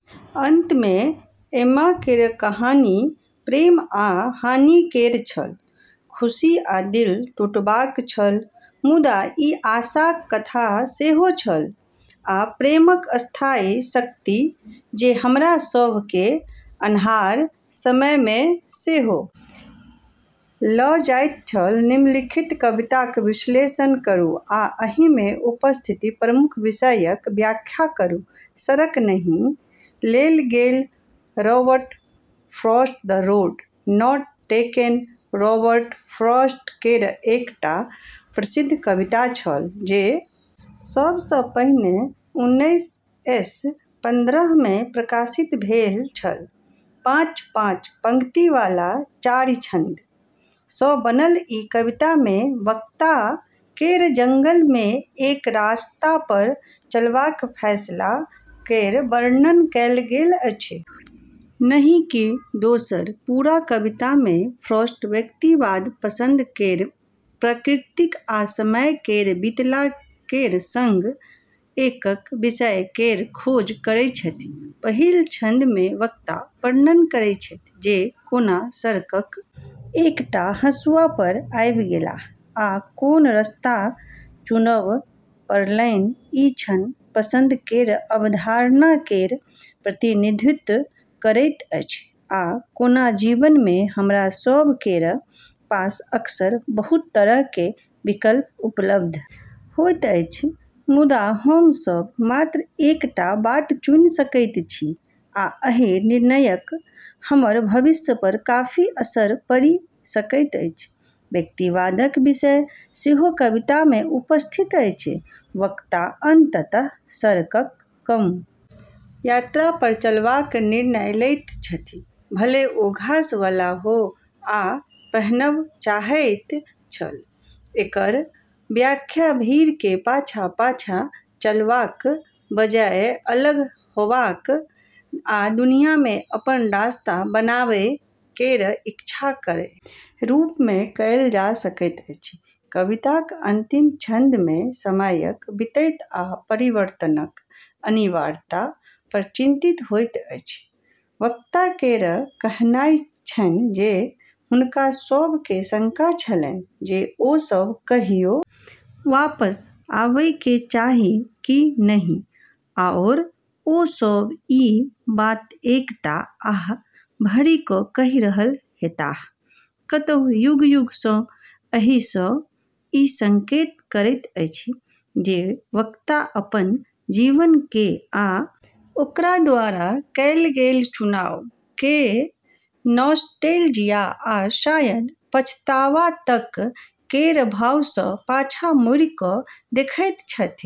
अंत मे एम्मा केर कहानी प्रेम आ हानि केर छल खुशी आ दिल टूटबाक छल मुदा ई आशाक कथा सेहो छल आ प्रेमक स्थायी शक्तिक जे हमरा सभ केँ अन्हार समय मे सेहो लऽ जाइत छल निम्नलिखित कविताक विश्लेषण करू आ एहि मे उपस्थित प्रमुख विषयक व्याख्या करू सड़क नहि लेल गेल Robert Frost the road not taken Robert Frost केर एकटा प्रसिद्ध कविता अछि जे सब सँ पहिने उन्नैस सए पन्द्रहमे प्रकाशित भेल छल पाँच-पाँच पंक्ति वाला चारि छंद सँ बनल ई कविता मे वक्ता केर जंगल मे एक रास्ता पर चलबाक फैसला केर वर्णन कएल गेल अछि नहि कि दोसर पूरा कविता मे फ्रॉस्ट व्यक्तिवाद पसंद केर प्रकृति आ समय केर बीतला केर संग कएक विषय केर खोज करैत छथि पहिल छंद मे वक्ता वर्णन करैत छथि जे कोना सड़कक एकटा हँसुआ पर आबि गेलाह आ कोन रस्ता चुनब पड़लनि ई क्षण पसंद केर अवधारणा केर प्रतिनिधित्व करैत अछि आ कोना जीवन मे हमरा सभ केर पास अक्सर बहुत तरह केर विकल्प उपलब्ध होइत अछि मुदा हम सभ मात्र एकटा बाट चुनि सकैत छी आ एहि निर्णयक हमर भविष्य पर काफी असर पड़ि सकैत अछि व्यक्तिवादक विषय सेहो कविता मे उपस्थित अछि वक्ता अंततः सड़क कम यात्रा पर चलबाक निर्णय लैत छथि भले ओ घास वाला हो आ पहनब चाहैत छल एकर व्याख्या भीड़ केर पाछाँ-पाछाँ चलबाक बजाय अलग होयबाक आ दुनिया मे अपन रास्ता बनाबै केर इच्छा केर रूप मे कएल जा सकैत अछि कविताक अंतिम छंद मे समयक बीतैत आ परिवर्तनक अनिवार्यता पर चिंतन होइत अछि वक्ता केर कहनाइ छन्हि जे हुनका सभ केँ शंका छलन्हि जे ओ सभ कहियो वापस आबय के चाही कि नहि आओर ओ सभ ई बात एकटा आह भरि कऽ कहि रहल हेताह कतहु युग-युग सँ एहि सँ ई संकेत करैत अछि जे वक्ता अपन जीवन केँ आ ओकरा द्वारा कएल गेल चुनाव केँ नॉस्टेलजिया आ शायद पछतावा तक केर भाव सँ पाछाँ मुड़ि कऽ देखैत छथि